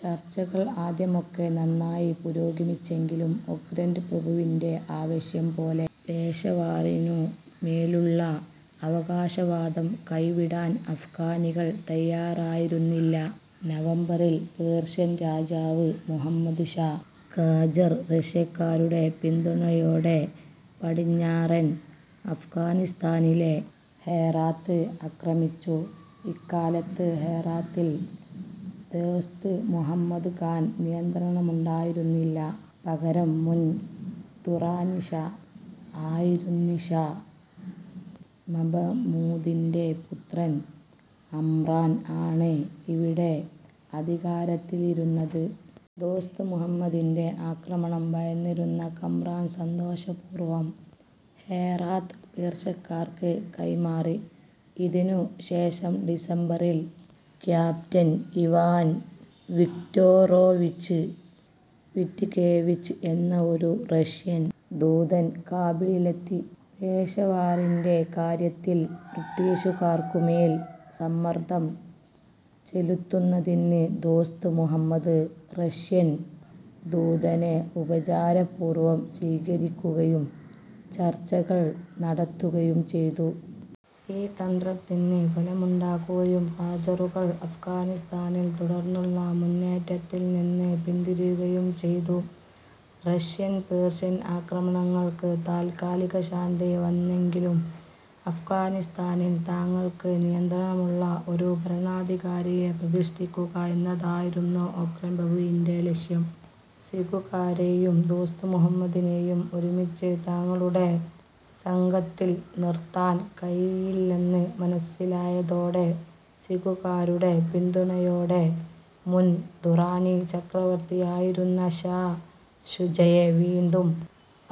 ചർച്ചകൾ ആദ്യമൊക്കെ നന്നായി പുരോഗമിച്ചെങ്കിലും ഓക്ലന്റ് പ്രഭുവിന്റെ ആവശ്യം പോലെ പെഷവാറിനു മേലുള്ള അവകാശവാദം കൈവിടാൻ അഫ്ഗാനികൾ തയാറയിരുന്നില്ല. നവംബറിൽ പേർഷ്യൻ രാജാവ് മുഹമ്മദ് ഷാ ഖാജർ റഷ്യക്കാരുടെ പിന്തുണയോടെ പടിഞ്ഞാറൻ അഫ്ഗാനിസ്താനിലെ ഹെറാത്ത് ആക്രമിച്ചു. ഇക്കാലത്ത്, ഹെറാത്തിൽ ദോസ്ത് മുഹമ്മദ് ഖാന് നിയന്ത്രണമുണ്ടായിരുന്നില്ല. പകരം മുൻ ദുറാനി ഷാ ആയിരുന്നഷാ മഹ്മൂദിന്റെ പുത്രൻ കമ്രാൻ ആണ് ഇവിടെ അധികാരത്തിലിരുന്നത്. ദോസ്ത് മുഹമ്മദിന്റെ ആക്രമണം ഭയന്നിരുന്ന കമ്രാൻ സന്തോഷപൂർവ്വം ഹെറാത്ത് പേർഷ്യക്കാർക്ക് കൈമാറി. ഇതിനു ശേഷം ഡിസംബറിൽ ക്യാപ്റ്റൻ ഇവാൻ വിക്റ്റൊറോവിച്ച് വിറ്റ്കോവിച്ച് എന്ന ഒരു റഷ്യൻ ദൂതൻ കാബൂളിലെത്തി. പെഷവാറിന്റെ കാര്യത്തിൽ ബ്രിട്ടീഷുകാർക്കു മേൽ സമ്മർദ്ദം ചെലുത്തുന്നതിന് ദോസ്ത് മുഹമ്മദ്, റഷ്യൻ ദൂതനെ ഉപചാരപൂർവ്വം സ്വീകരിക്കുകയും ചർച്ചകൾ നടത്തുകയും ചെയ്തു. ഈ തന്ത്രത്തിന് ഫലമുണ്ടാകുകയും ഖാജറുകൾ അഫ്ഗാനിസ്താനിൽ തുടർന്നുള്ള മുന്നേറ്റത്തിൽ നിന്ന് പിന്തിരിയുകയും ചെയ്തു. റഷ്യൻ പേർഷ്യൻ ആക്രമണങ്ങൾക്ക് തൽക്കാലശാന്തി വന്നെങ്കിലും അഫ്ഗാനിസ്താനിൽ തങ്ങൾക്ക് നിയന്ത്രണമുള്ള ഒരു ഭരണാധികാരിയെ പ്രതിഷ്ഠിക്കുക എന്നതായിരുന്നു ഓക്ലന്റ് പ്രഭുവിന്റെ ലക്ഷ്യം. സിഖുകാരെയും ദോസ്ത് മുഹമ്മദിനെയും ഒരുമിച്ച് തങ്ങളുടെ സഖ്യത്തിൽ നിർത്താൻ കഴിയില്ലെന്ന് മനസ്സിലായതോടെ, സിഖുകാരുടെ പിന്തുണയോടെ മുൻ ദുറാനി ചക്രവർത്തിയായിരുന്ന ഷാ ഷുജയെ വീണ്ടും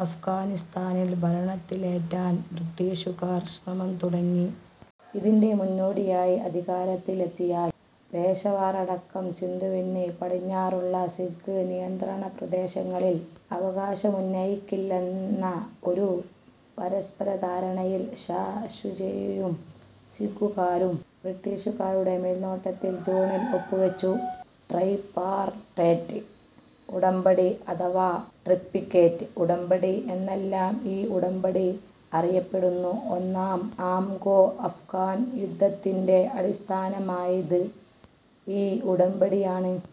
അഫ്ഗാനിസ്താനിൽ ഭരണത്തിലേറ്റാൻ ബ്രിട്ടീഷുകാർ ശ്രമം തുടങ്ങി. ഇതിന്റെ മുന്നോടിയായി, അധികാരത്തിലെത്തിയാൽ പെഷവാറടക്കം സിന്ധുവിന് പടിഞ്ഞാറുള്ള സിഖ് നിയന്ത്രിതപ്രദേശങ്ങളിൽ അവകാശമുന്നയിക്കില്ലെന്ന ഒരു പരസ്പരധാരണയിൽ ഷാ ഷുജയും സിഖുകാരും, ബ്രിട്ടീഷുകാരുടെ മേൽനോട്ടത്തിൽ ജൂണിൽ ഒപ്പുവച്ചു. ട്രൈപാർട്ടൈറ്റ് ഉടമ്പടി അഥവാ ട്രിപ്ലിക്കേറ്റ് ഉടമ്പടി എന്നെല്ലാം ഈ ഉടമ്പടി അറിയപ്പെടുന്നു. ഒന്നാം ആംഗ്ലോ-അഫ്ഗാൻ യുദ്ധത്തിന്റെ അടിസ്ഥാനമായത് ഈ ഉടമ്പടിയാണ്.